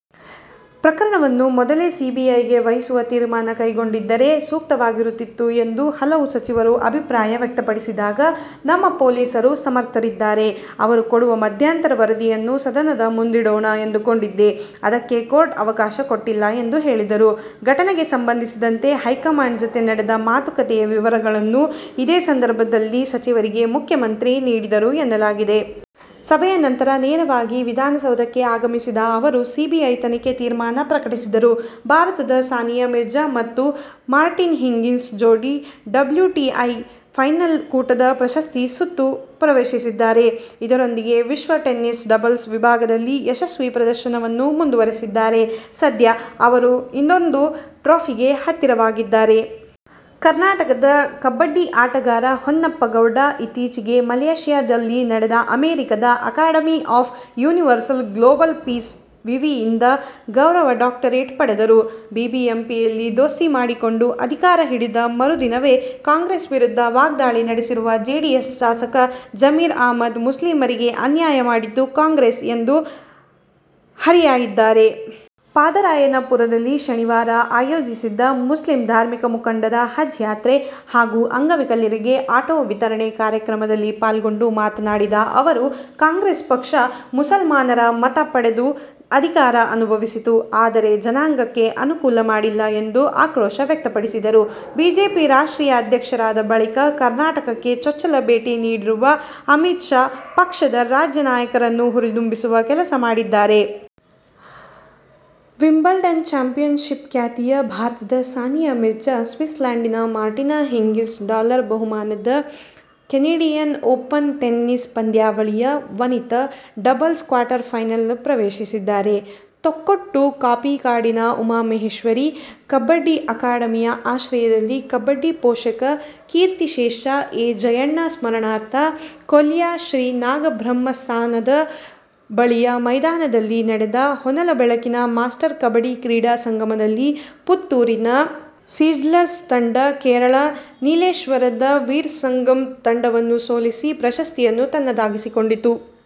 ಪ್ರಕರಣವನ್ನು ಮೊದಲೇ ಸಿಬಿಐಗೆ ವಹಿಸುವ ತೀರ್ಮಾನ ಕೈಗೊಂಡಿದ್ದರೆ ಸೂಕ್ತವಾಗಿರುತ್ತಿತ್ತು ಎಂದು ಹಲವು ಸಚಿವರು ಅಭಿಪ್ರಾಯ ವ್ಯಕ್ತಪಡಿದಾಗ, ನಮ್ಮ ಪೊಲೀಸರೂ ಸಮರ್ಥರಿದ್ದಾರೆ. ಅವರು ಕೊಡುವ ಮಧ್ಯಂತರ ವರದಿಯನ್ನು ಸದನದ ಮುಂದಿಡೋಣ ಎಂದುಕೊಂಡಿದ್ದೆ. ಅದಕ್ಕೆ ಕೋರ್ಟ್ ಅವಕಾಶ ಕೊಟ್ಟಿಲ್ಲ ಎಂದು ಹೇಳಿದರು. ಘಟನೆಗೆ ಸಂಬಂಧಿಸಿದಂತೆ ಹೈಕಮಾಂಡ್ ಜತೆ ನಡೆದ ಮಾತುಕತೆಯ ವಿವರಗಳನ್ನೂ ಇದೇ ಸಂದರ್ಭದಲ್ಲಿ ಸಚಿವರಿಗೆ ಮುಖ್ಯಮಂತ್ರಿ ನೀಡಿದರು ಎನ್ನಲಾಗಿದೆ. ಸಭೆಯ ನಂತರ ನೇರವಾಗಿ ವಿಧಾನಸೌಧಕ್ಕೆ ಆಗಮಿಸಿದ ಅವರು ಸಿಬಿಐ ತನಿಖೆ ತೀರ್ಮಾನ ಪ್ರಕಟಿಸಿದರು. ಭಾರತದ ಸಾನಿಯಾ ಮಿರ್ಜಾ ಮತ್ತು ಮಾರ್ಟಿನಾ ಹಿಂಗಿಸ್ ಜೋಡಿ ಡಬ್ಲ್ಯೂಟಿಎ ಫೈನಲ್ ಕೂಟದ ಪ್ರಶಸ್ತಿ ಸುತ್ತು ಪ್ರವೇಶಿಸಿದ್ದಾರೆ. ಇದರೊಂದಿಗೆ ವಿಶ್ವ ಟೆನ್ನಿಸ್ನ ಡಬಲ್ಸ್ ವಿಭಾಗದಲ್ಲಿ ಯಶಸ್ವಿ ಪ್ರದರ್ಶನವನ್ನು ಮುಂದುವರಿಸಿದ್ದಾರೆ. ಸದ್ಯ ಅವರು ಇನ್ನೊಂದು ಟ್ರೋಫಿಗೆ ಹತ್ತಿರವಾಗಿದ್ದಾರೆ. ಕರ್ನಾಟಕದ ಕಬಡ್ಡಿ ಆಟಗಾರ ಹೊನ್ನಪ್ಪ ಗೌಡ ಇತ್ತೀಚಿಗೆ ಮಲೇಶ್ಯಾದಲ್ಲಿ ನಡೆದ ಅಮೆರಿಕದ "Academy of Universal Global Peace' ವಿವಿಯಿಂದ ಗೌರವ ಡಾಕ್ಟರೇಟ್ ಪಡೆದರು. ಬಿಬಿಎಂಪಿಯಲ್ಲಿ ದೋಸ್ತಿ ಮಾಡಿಕೊಂಡು ಅಧಿಕಾರ ಹಿಡಿದ ಮರು ದಿನವೇ ಕಾಂಗ್ರೆಸ್ ವಿರುದ್ಧ ವಾಗ್ಧಾಳಿ ನಡೆಸಿರುವ ಜೆಡಿಎಸ್ ಶಾಸಕ ಜಮೀರ್ ಅಹಮದ್, ಮುಸ್ಲಿಮರಿಗೆ ಅನ್ಯಾಯ ಮಾಡಿದ್ದು ಕಾಂಗ್ರೆಸ್ ಎಂದು ಹರಿಹಾಯ್ದಿದ್ದಾರೆ. ಪಾದರಾಯನಪುರದಲ್ಲಿ ಶನಿವಾರ ಆಯೋಜಿಸಿದ್ದ ಮುಸ್ಲಿಂ ಧಾರ್ಮಿಕ ಮುಖಂಡರ ಹಜ್ ಯಾತ್ರೆ ಹಾಗೂ ಅಂಗವಿಕಲರಿಗೆ ಆಟೋ ವಿತರಣೆ ಕಾರ್ಯಕ್ರಮದಲ್ಲಿ ಪಾಲ್ಗೊಂಡು ಮಾತನಾಡಿದ ಅವರು, ಕಾಂಗ್ರೆಸ್ ಪಕ್ಷ ಮುಸಲ್ಮಾನರ ಮತ ಪಡೆದು ಅಧಿಕಾರ ಅನುಭವಿಸಿತು. ಆದರೆ, ಜನಾಂಗಕ್ಕೆ ಅನುಕೂಲ ಮಾಡಿಲ್ಲ ಎಂದು ಆಕ್ರೋಶ ವ್ಯಕ್ತಪಡಿಸಿದರು. ಬಿಜೆಪಿ ರಾಷ್ಟ್ರೀಯ ಅಧ್ಯಕ್ಷರಾದ ಬಳಿಕ ಕರ್ನಾಟಕಕ್ಕೆ ಚೊಚ್ಚಲ ಭೇಟಿ ನೀಡಿರುವ ಅಮಿತ್ ಶಾ, ಪಕ್ಷದ ರಾಜ್ಯ ನಾಯಕರನ್ನು ಹುರಿದುಂಬಿಸುವ ಕೆಲಸ ಮಾಡಿದ್ದಾರೆ. ವಿಂಬಲ್ಡನ್ ಚಾಂಪಿಯನ್ ಖ್ಯಾತಿಯ ಭಾರತದ ಸಾನಿಯಾ ಮಿರ್ಜಾ-ಸ್ವಿಟ್ಸರ್ಲ್ಯಾಂಡಿನ ಮಾರ್ಟಿನಾ ಹಿಂಗಿಸ್ ಡಾಲರ್ ಬಹುಮಾನದ ಕೆನಡಿಯನ್ ಓಪನ್ ಟೆನಿಸ್ ಪಂದ್ಯಾವಳಿಯ ವನಿತಾ ಡಬಲ್ಸ್ ಕ್ವಾರ್ಟರ್ ಫೈನಲ್ ಪ್ರವೇಶಿಸಿದ್ದಾರೆ. ತೊಕ್ಕೊಟ್ಟು ಕಾಪಿಕಾಡಿನ ಉಮಾ ಮಹೇಶ್ವರೀ ಕಬಡ್ಡಿ ಅಕಾಡೆಮಿಯ ಆಶ್ರಯದಲ್ಲಿ ಕಬಡ್ಡಿ ಪೋಷಕ ಕೀರ್ತಿಶೇಷ ಎ. ಜಯಣ್ಣ ಸ್ಮರಣಾರ್ಥ ಕೊಲ್ಯಶ್ರೀ ನಾಗಬ್ರಹ್ಮಸ್ಥಾನದ ಬಳಿಯ ಮೈದಾನದಲ್ಲಿ ನಡೆದ ಹೊನಲು ಬೆಳಕಿನ ಮಾಸ್ಟರ್ ಕಬಡ್ಡಿ ಕ್ರೀಡಾ ಸಂಗಮದಲ್ಲಿ ಪುತ್ತೂರಿನ ಸಿಝ್ಲರ್ಸ್ ತಂಡ ಕೇರಳ ನೀಲೇಶ್ವರದ ವೀರಸಂಘಮ್ ತಂಡವನ್ನು ಸೋಲಿಸಿ ಪ್ರಶಸ್ತಿಯನ್ನು ತನ್ನದಾಗಿಸಿಕೊಂಡಿತು.